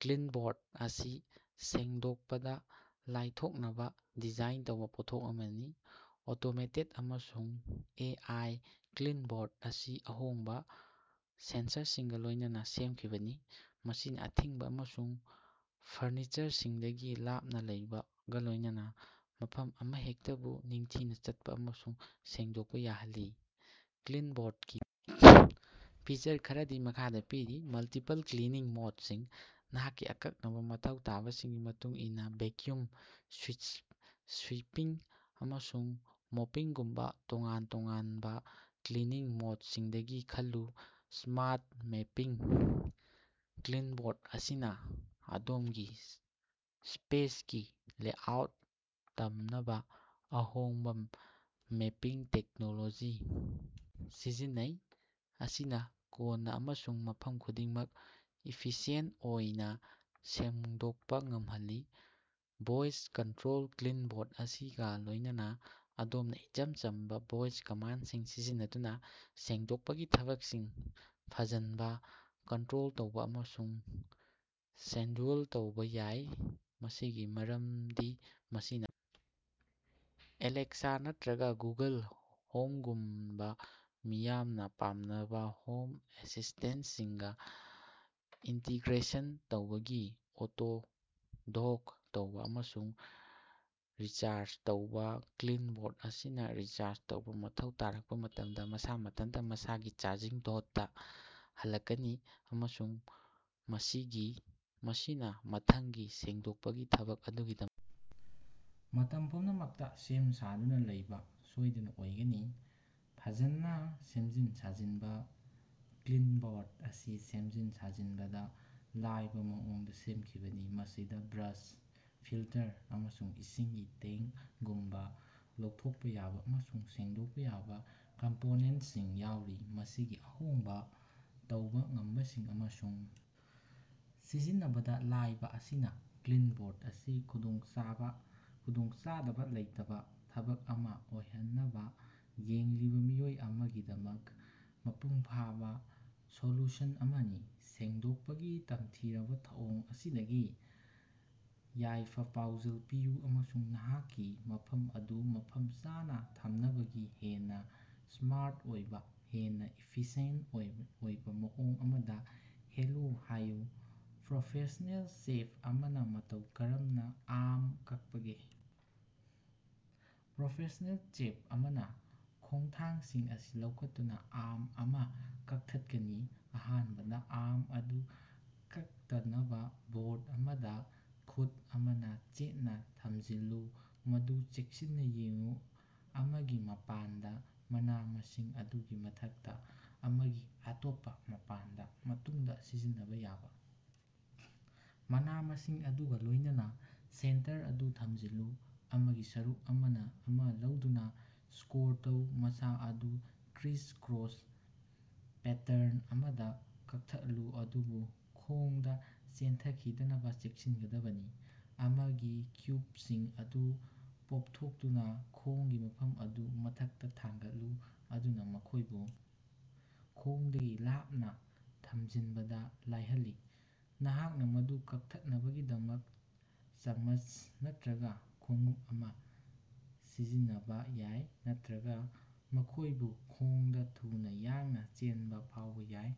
ꯀ꯭ꯂꯤꯟꯕꯣꯠ ꯑꯁꯤ ꯁꯦꯡꯗꯣꯛꯄꯗ ꯂꯥꯏꯊꯣꯛꯅꯕ ꯗꯤꯖꯥꯏꯟ ꯇꯧꯕ ꯄꯣꯠꯊꯣꯛ ꯑꯃꯅꯤ꯫ ꯑꯣꯇꯣꯃꯦꯇꯦꯗ ꯑꯃꯁꯨꯡ ꯑꯦ. ꯑꯥꯏ. ꯀ꯭ꯂꯤꯟꯕꯣꯠ ꯑꯁꯤ ꯑꯍꯣꯡꯕ ꯁꯦꯟꯁꯔꯁꯤꯡꯒ ꯂꯣꯏꯅꯅ ꯁꯦꯝꯈꯤꯕꯅꯤ꯫ ꯃꯁꯤꯅ ꯑꯊꯤꯡꯕ ꯑꯃꯁꯨꯡ ꯐꯔꯅꯤꯆꯔꯁꯤꯡꯗꯒꯤ ꯂꯥꯞꯅ ꯂꯩꯕꯒ ꯂꯣꯏꯅꯅ ꯃꯐꯝ ꯑꯃꯍꯦꯛꯇꯕꯨ ꯅꯤꯡꯊꯤꯅ ꯆꯠꯄ ꯑꯃꯁꯨꯡ ꯁꯦꯡꯗꯣꯛꯄ ꯌꯥꯍꯜꯂꯤ꯫ ꯀ꯭ꯂꯤꯟꯕꯣꯠꯀꯤ ꯐꯤꯆꯔ ꯈꯔꯗꯤ ꯃꯈꯥꯗ ꯄꯤꯔꯤ: ꯃꯜꯇꯤꯄꯜ ꯀ꯭ꯂꯤꯅꯤꯡ ꯃꯣꯗꯁꯤꯡ: ꯅꯍꯥꯛꯀꯤ ꯑꯀꯛꯅꯕ ꯃꯊꯧ ꯇꯥꯕꯁꯤꯡꯒꯤ ꯃꯇꯨꯡ ꯏꯟꯅ- ꯚꯦꯀ꯭ꯌꯨꯝ, ꯁ꯭ꯋꯤꯄꯤꯡ, ꯑꯃꯁꯨꯡ ꯃꯣꯄꯤꯡꯒꯨꯝꯕ ꯇꯣꯉꯥꯟ ꯇꯣꯉꯥꯟꯕ ꯀ꯭ꯂꯤꯅꯤꯡ ꯃꯣꯗꯁꯤꯡꯗꯒꯤ ꯈꯜꯂꯨ꯫ ꯁ꯭ꯃꯥꯔꯠ ꯃꯦꯄꯤꯡ: ꯀ꯭ꯂꯤꯟꯕꯣꯠ ꯑꯁꯤꯅ ꯑꯗꯣꯝꯒꯤ ꯁ꯭ꯄꯦꯁꯀꯤ ꯂꯦꯑꯥꯎꯠ ꯇꯝꯅꯕ ꯑꯍꯣꯡꯕ ꯃꯦꯄꯤꯡ ꯇꯦꯛꯅꯣꯂꯣꯖꯤ ꯁꯤꯖꯤꯟꯅꯩ꯫ ꯃꯁꯤꯅ ꯀꯣꯟꯅ ꯑꯃꯁꯨꯡ ꯃꯐꯝ ꯈꯨꯗꯤꯡꯃꯛ ꯏꯐꯤꯁꯤꯌꯦꯟꯇ ꯑꯣꯏꯅ ꯁꯦꯡꯗꯣꯛꯄ ꯉꯝꯍꯜꯂꯤ꯫ ꯚꯣꯏꯁ ꯀꯟꯇ꯭ꯔꯣꯜ: ꯀ꯭ꯂꯤꯟꯕꯣꯠ ꯑꯁꯤꯒ ꯂꯣꯏꯅꯅ ꯑꯗꯣꯝꯅ ꯏꯆꯝ ꯆꯝꯕ ꯚꯣꯏꯁ ꯀꯃꯥꯟꯗꯁꯤꯡ ꯁꯤꯖꯤꯟꯅꯗꯨꯅ ꯁꯦꯡꯗꯣꯛꯄꯒꯤ ꯊꯕꯛꯁꯤꯡ ꯐꯖꯟꯅ ꯀꯟꯇ꯭ꯔꯣꯜ ꯇꯧꯕ ꯑꯃꯁꯨꯡ ꯁꯦꯗ꯭ꯌꯨꯜ ꯇꯧꯕ ꯌꯥꯏ꯫ ꯃꯁꯤꯒꯤ ꯃꯔꯝꯗꯤ ꯃꯁꯤꯅ ꯑꯦꯂꯦꯛꯁꯥ ꯅꯠꯇ꯭ꯔꯒ ꯒꯨꯒꯜ ꯍꯣꯝꯒꯨꯝꯕ ꯃꯤꯌꯥꯝꯅ ꯄꯥꯝꯅꯕ ꯍꯣꯝ ꯑꯦꯁꯤꯁ꯭ꯇꯦꯟꯇꯁꯤꯡꯒ ꯏꯟꯇꯤꯒ꯭ꯔꯦꯁꯟ ꯇꯧꯕꯅꯤ꯫ ꯑꯣꯇꯣ-ꯗꯣꯛ ꯇꯧꯕ ꯑꯃꯁꯨꯡ ꯔꯤꯆꯥꯔꯖ ꯇꯧꯕ: ꯀ꯭ꯂꯤꯟꯕꯣꯠ ꯑꯁꯤꯅ ꯔꯤꯆꯥꯔꯖ ꯇꯧꯕ ꯃꯊꯧ ꯇꯥꯔꯛꯄ ꯃꯇꯝꯗ ꯃꯁꯥ ꯃꯊꯟꯇ ꯃꯁꯥꯒꯤ ꯆꯥꯔꯖꯤꯡ ꯗꯣꯛꯇ ꯍꯜꯂꯛꯀꯅꯤ ꯑꯃꯁꯨꯡ ꯃꯁꯤꯅ ꯃꯊꯪꯒꯤ ꯁꯦꯡꯗꯣꯛꯄꯒꯤ ꯊꯕꯛ ꯑꯗꯨꯒꯤꯗꯃꯛ ꯃꯇꯝ ꯄꯨꯝꯅꯃꯛꯇ ꯁꯦꯝ ꯁꯥꯗꯨꯅ ꯂꯩꯕ ꯁꯣꯏꯗꯅ ꯑꯣꯏꯒꯅꯤ꯫ ꯐꯖꯟꯅ ꯁꯦꯝꯖꯤꯟ-ꯁꯥꯖꯤꯟꯕ: ꯀ꯭ꯂꯤꯟꯕꯣꯠ ꯑꯁꯤ ꯁꯦꯝꯖꯤꯟ-ꯁꯥꯖꯤꯟꯕꯗ ꯂꯥꯏꯕ ꯃꯑꯣꯡꯗ ꯁꯦꯝꯈꯤꯕꯅꯤ꯫ ꯃꯁꯤꯗ ꯕ꯭ꯔꯁ, ꯐꯤꯜꯇꯔ, ꯑꯃꯁꯨꯡ ꯏꯁꯤꯡꯒꯤ ꯇꯦꯡꯀꯒꯨꯝꯕ ꯂꯧꯊꯣꯛꯄ ꯌꯥꯕ ꯑꯃꯁꯨꯡ ꯁꯦꯡꯗꯣꯛꯄ ꯌꯥꯕ ꯀꯝꯄꯣꯅꯦꯟꯇꯁꯤꯡ ꯌꯥꯎꯔꯤ꯫ ꯃꯁꯤꯒꯤ ꯑꯍꯣꯡꯕ ꯇꯧꯕ ꯉꯝꯕꯁꯤꯡ ꯑꯃꯁꯨꯡ ꯁꯤꯖꯤꯟꯅꯕꯗ ꯂꯥꯏꯕ ꯑꯁꯤꯅ ꯀ꯭ꯂꯤꯟꯕꯣꯠ ꯑꯁꯤ ꯈꯨꯗꯣꯡꯆꯥꯕ ꯈꯨꯗꯣꯡꯆꯥꯗꯕ ꯂꯩꯇꯕ ꯊꯕꯛ ꯑꯃꯥ ꯑꯣꯏꯍꯟꯅꯕ ꯌꯦꯡꯂꯤꯕ ꯃꯤꯑꯣꯏ ꯑꯃꯒꯤꯗꯃꯛ ꯃꯄꯨꯡ ꯐꯥꯕ ꯁꯣꯂꯨꯁꯟ ꯑꯃꯅꯤ꯫ ꯁꯦꯡꯗꯣꯛꯄꯒꯤ ꯇꯝꯊꯤꯔꯕ ꯊꯧꯑꯣꯡ ꯑꯁꯤꯗꯒꯤ ꯌꯥꯏꯐ-ꯄꯥꯎꯖꯦꯜ ꯄꯤꯌꯨ ꯑꯃꯁꯨꯡ ꯅꯍꯥꯛꯀꯤ ꯃꯐꯝ ꯑꯗꯨ ꯃꯐꯝ ꯆꯥꯅ ꯊꯝꯅꯕꯒꯤ ꯍꯦꯟꯅ ꯁ꯭ꯃꯥꯔꯠ ꯑꯣꯏꯕ, ꯍꯦꯟꯅ ꯏꯐꯤꯁꯤꯌꯦꯟꯇ ꯑꯣꯏꯕ ꯃꯑꯣꯡ ꯑꯃꯗ ꯍꯦꯂꯣ ꯍꯥꯏꯌꯨ꯫ ꯄ꯭ꯔꯣꯐꯦꯁ꯭ꯅꯦꯜ ꯆꯦꯐ ꯑꯃꯅ ꯃꯇꯧ ꯀꯔꯝꯅ ꯑꯥꯝ ꯀꯛꯄꯒꯦ? ꯄ꯭ꯔꯣꯐꯦꯁ꯭ꯅꯦꯜ ꯆꯦꯐ ꯑꯃꯅ ꯈꯣꯡꯊꯥꯡꯁꯤꯡ ꯑꯁꯤ ꯂꯧꯈꯠꯇꯨꯅ ꯑꯥꯝ ꯑꯃꯥ ꯀꯛꯊꯠꯀꯅꯤ꯫ ꯑꯍꯥꯟꯕꯗ ꯑꯥꯝ ꯑꯗꯨ ꯀꯠꯇꯅꯕ ꯕꯣꯔꯗ ꯑꯃꯗ ꯈꯨꯠ ꯑꯃꯅ ꯆꯦꯠꯅ ꯊꯝꯖꯤꯜꯂꯨ꯫ ꯃꯗꯨ ꯆꯦꯛꯁꯤꯟꯅ ꯌꯦꯡꯎ, ꯑꯃꯒꯤ ꯃꯄꯥꯟꯗ, ꯃꯅꯥ-ꯃꯁꯤꯡ ꯑꯗꯨꯒꯤ ꯃꯊꯛꯇ꯫ ꯑꯃꯒꯤ ꯑꯇꯣꯞꯄ ꯃꯄꯥꯟꯗ, ꯃꯇꯨꯡꯗ ꯁꯤꯖꯤꯟꯅꯕ ꯌꯥꯕ ꯃꯅꯥ-ꯃꯁꯤꯡ ꯑꯗꯨꯒ ꯂꯣꯏꯅꯅ ꯁꯦꯟꯇꯔ ꯑꯗꯨ ꯊꯝꯖꯤꯜꯂꯨ꯫ ꯑꯃꯒꯤ ꯁꯔꯨꯛ ꯑꯃꯥ ꯂꯧꯗꯨꯅ ꯁ꯭ꯀꯣꯔ ꯇꯧ, ꯃꯁꯥ ꯑꯗꯨ ꯀ꯭ꯔꯤꯁ-ꯀ꯭ꯔꯣꯁ ꯄꯦꯇꯔꯟ ꯑꯃꯗ ꯀꯛꯊꯠꯂꯨ ꯑꯗꯨꯕꯨ ꯈꯣꯡꯗ ꯆꯦꯟꯊꯈꯤꯗꯅꯕ ꯆꯦꯛꯁꯤꯟꯒꯗꯕꯅꯤ꯫ ꯑꯃꯒꯤ ꯀ꯭ꯌꯨꯕꯁꯤꯡ ꯑꯗꯨ ꯄꯣꯞꯊꯣꯛꯇꯨꯅ ꯈꯣꯡꯒꯤ ꯃꯐꯝ ꯑꯗꯨ ꯃꯊꯛꯇ ꯊꯥꯡꯒꯠꯂꯨ꯫ ꯃꯗꯨꯅ ꯃꯈꯣꯏꯕꯨ ꯈꯣꯡꯗꯒꯤ ꯂꯥꯞꯅ ꯊꯝꯖꯤꯟꯕꯗ ꯂꯥꯏꯍꯜꯂꯤ꯫ ꯅꯍꯥꯛꯅ ꯃꯗꯨ ꯀꯛꯊꯠꯅꯕꯒꯤꯗꯃꯛ ꯆꯃꯆ ꯅꯠꯇ꯭ꯔꯒ ꯈꯣꯡꯎꯞ ꯑꯃꯥ ꯁꯤꯖꯤꯟꯅꯕ ꯌꯥꯏ ꯅꯠꯇ꯭ꯔꯒ ꯃꯈꯣꯏꯕꯨ ꯈꯣꯡꯗꯥ ꯊꯨꯅ ꯌꯥꯡꯅ ꯆꯦꯟꯕ ꯐꯥꯎꯕ ꯌꯥꯏ꯫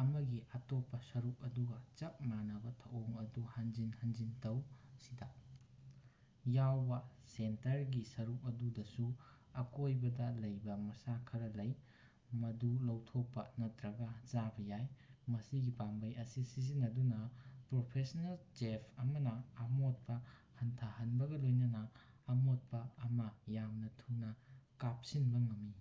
ꯑꯃꯒꯤ ꯑꯇꯣꯞꯄ ꯁꯔꯨꯛ ꯑꯗꯨꯒ ꯆꯞ ꯃꯥꯟꯅꯕ ꯊꯧꯑꯣꯡ ꯑꯗꯨ ꯍꯟꯖꯤꯟ ꯍꯟꯖꯤꯟ ꯇꯧ꯫ ꯁꯤꯗ ꯌꯥꯎꯕ ꯁꯦꯟꯇꯔꯒꯤ ꯁꯔꯨꯛ ꯑꯗꯨꯗꯁꯨ ꯑꯀꯣꯏꯕꯗ ꯂꯩꯕ ꯃꯁꯥ ꯈꯔ ꯂꯩ, ꯃꯗꯨ ꯂꯧꯊꯣꯛꯄ ꯅꯠꯇ꯭ꯔꯒ ꯆꯥꯕ ꯌꯥꯏ꯫ ꯃꯁꯤꯒꯤ ꯄꯥꯝꯕꯩ ꯑꯁꯤ ꯁꯤꯖꯤꯟꯅꯗꯨꯅ ꯄ꯭ꯔꯣꯐꯦꯁ꯭ꯅꯦꯜ ꯆꯦꯐ ꯑꯃꯅ ꯑꯃꯣꯠꯄ ꯍꯟꯊꯍꯟꯕꯒ ꯂꯣꯏꯅꯅ ꯑꯃꯣꯠꯄ ꯑꯃꯥ ꯌꯥꯝꯅ ꯊꯨꯅ ꯀꯥꯞꯁꯤꯟꯕ ꯉꯝꯃꯤ꯫